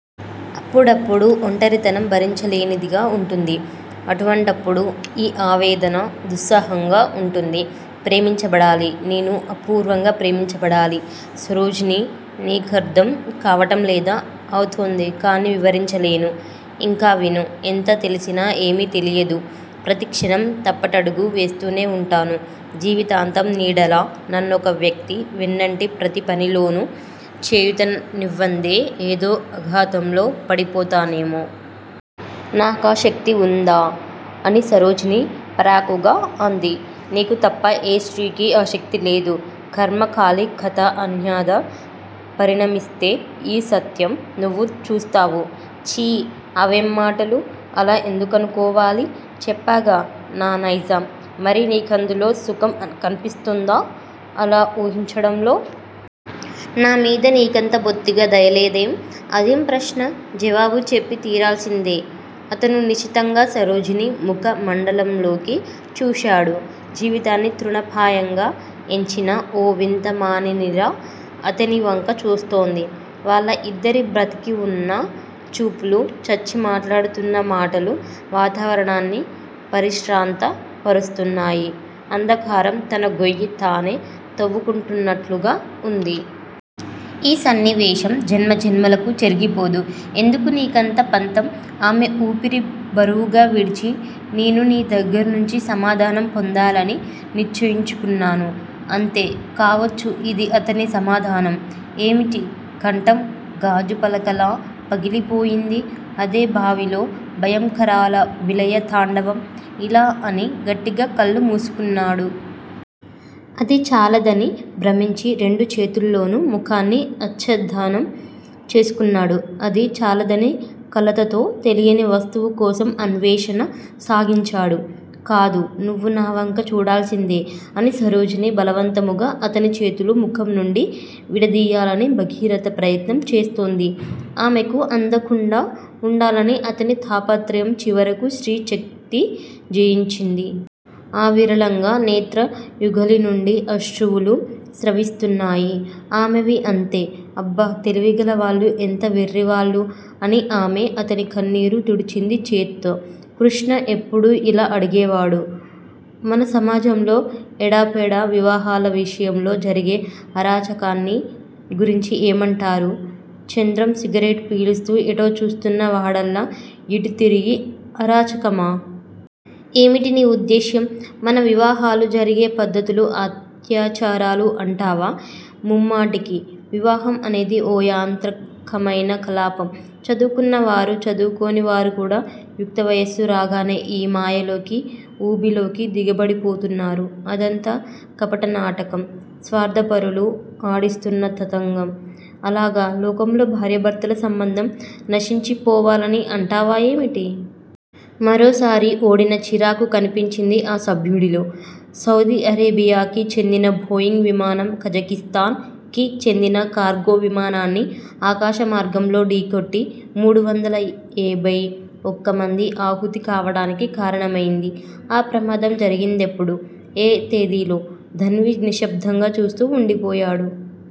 అప్పుడప్పుడూ ఒంటరితనం భరించలేనిదిగా వుంటుంది. అటువంటప్పుడు ఈ ఆవేదన దుస్సాహంగా వుంటుంది. ప్రేమించబడాలి. నేను అపూర్వంగా ప్రేమించబడాలి. సరోజినీ నీకర్ధం కావటంలేదా? అవుతోంది. కానీ వివరించలేను. ఇంకావిను. ఎంత తెలిసినా ఏమీ తెలియదు. ప్రతిక్షణం తప్పటడుగు వేస్తూనే వుంటాను. జీవితాంతం నీడలా నన్నొక వ్యక్తి వెన్నంటి ప్రతిపనిలోనూ చేయూతనివ్వందే ఏదో అఘాతంలో పడిపోతానేమో. నాకా శక్తి వుందా? అని సరోజిని పరాకుగా అంది. నీకు తప్ప ఏ స్త్రీకీ ఆ శక్తి లేదు. ఖర్మ కాలి కథ అన్యధా పరిణమిస్తే యీ సత్యం నువ్వు చూస్తావు. ఛీ, అవేం మాటలు? అలా ఎందుకనుకోవాలి? చెప్పాగా నా నైజం. మరి నీకందులో సుఖం కనిపిస్తోందా-అలా ఊహించడంలో? నామీద నీకంత బొత్తిగా దయలేదేం? అదేం ప్రశ్న? జవాబు చెప్పి తీరాల్సిందే! అతను నిశితంగా సరోజిని ముఖ మండలంలోకి చూశాడు. జీవితాన్ని తృణప్రాయంగా ఎంచిన ఓ వింతమానినిలా అతనివంక చూస్తోంది. వాళ్ళ యిద్దరి బ్రతికివున్న చూపులూ, చచ్చి మాట్లాడుతున్న మాటలూ వాతావరణాన్ని పరిశ్రాంత పరుస్తున్నాయి. అంధకారం తన గొయ్యి తానే తవ్వుకుంటున్నట్లుగా వుంది. ఈ సన్నివేశం జన్మజన్మలకూ చెరిగిపోదు. ఎందుకు నీకింత పంతం? ఆమె ఊపిరి బరువుగా విడిచి 'నేను నీ దగ్గర్నుంచి సమాధానం పొందాలని నిశ్చయించుకున్నాను. అంతే. కావచ్చు యిది అతని సమాధానం. ఏమిటి? కంఠం గాజుపలకలా పగిలిపోయింది. అదే భావిలో భయంకరాల విలయ తాండవం. ఇలా అని గట్టిగా కళ్ళు మూసుకున్నాడు. అది చాలదని భ్రమించి, రెండు చేతుల్లోనూ ముఖాన్ని ఆచ్చాదనం చేసుకున్నాడు. అదీ చాలదని కలతతో తెలియని వస్తువుకోసం అన్వేషణ సాగించాడు. 'కాదు! నువ్వు నావంక చూడాల్సిందే' అని సరోజిని బలవంతముగా అతనిచేతులు ముఖంనుండి విడదియ్యాలని భగీరథ ప్రయత్నం చేస్తోంది. ఆమెకు అందకుండా వుండాలని అతని తాపత్రయం చివరకు స్త్రీ శక్తి జయించింది. అవిరళంగా నేత్ర యుగళినుండి అశ్రువులు స్రవిస్తున్నాయి. ఆమెవీ అంతే. 'అబ్బ! తెలివిగలవాళ్ళు ఎంత వెర్రివాళ్ళు? ' అని ఆమె అతని కన్నీరు తుడిచింది చేత్తో. కృష్ణ ఎప్పుడూ యిలా అడిగేవాడు. మన సమాజంలో ఎడాపెడా వివాహాల విషయంలో జరిగే అరాచకాన్ని గురించి ఏమంటారు? చంద్రం సిగరెట్ పీలుస్తూ ఎటో చూస్తున్న వాడల్లా యిటుతిరిగి అరాచకమా? ఏమిటి నీ ఉద్దేశ్యం? మన వివాహాలు జరిగే పద్దతులు అత్యాచారాలు అంటావా? ముమ్మాటికీ! వివాహం అనేది ఓ యాంత్రకమైన కలాపం. చదువుకున్న వారు, చదువుకోనివారుకూడా యుక్తవయస్సు రాగానే ఈ మాయలోకి, ఊబిలోకి దిగబడిపోతున్నారు. అదంతా కపటనాటకం, స్వార్ధపరులు ఆడిస్తున్న తతంగం. అలాగా? లోకంలో భార్యాభర్తల సంబంధం నశించిపోవాలని అంటావా ఏమిటి? మరోసారి ఓడిన చిరాకు కనిపించింది ఆ సభ్యుడిలో. సౌదీఅరేబియాకి చెందిన బోయింగ్ విమానం కజకిస్తాన్ కి చెందిన కార్గో విమానాన్ని ఆకాశ మార్గంలో డీకొట్టి మూడువందల ఏబై ఒక్క మంది ఆహుతి కావటానికి కారణమైంది, ఆ ప్రమాదం జరిగిందెప్పుడు, ఏ తేదిలో? ధన్వి నిశ్శబ్దంగా చూస్తూ వుండిపోయాడు.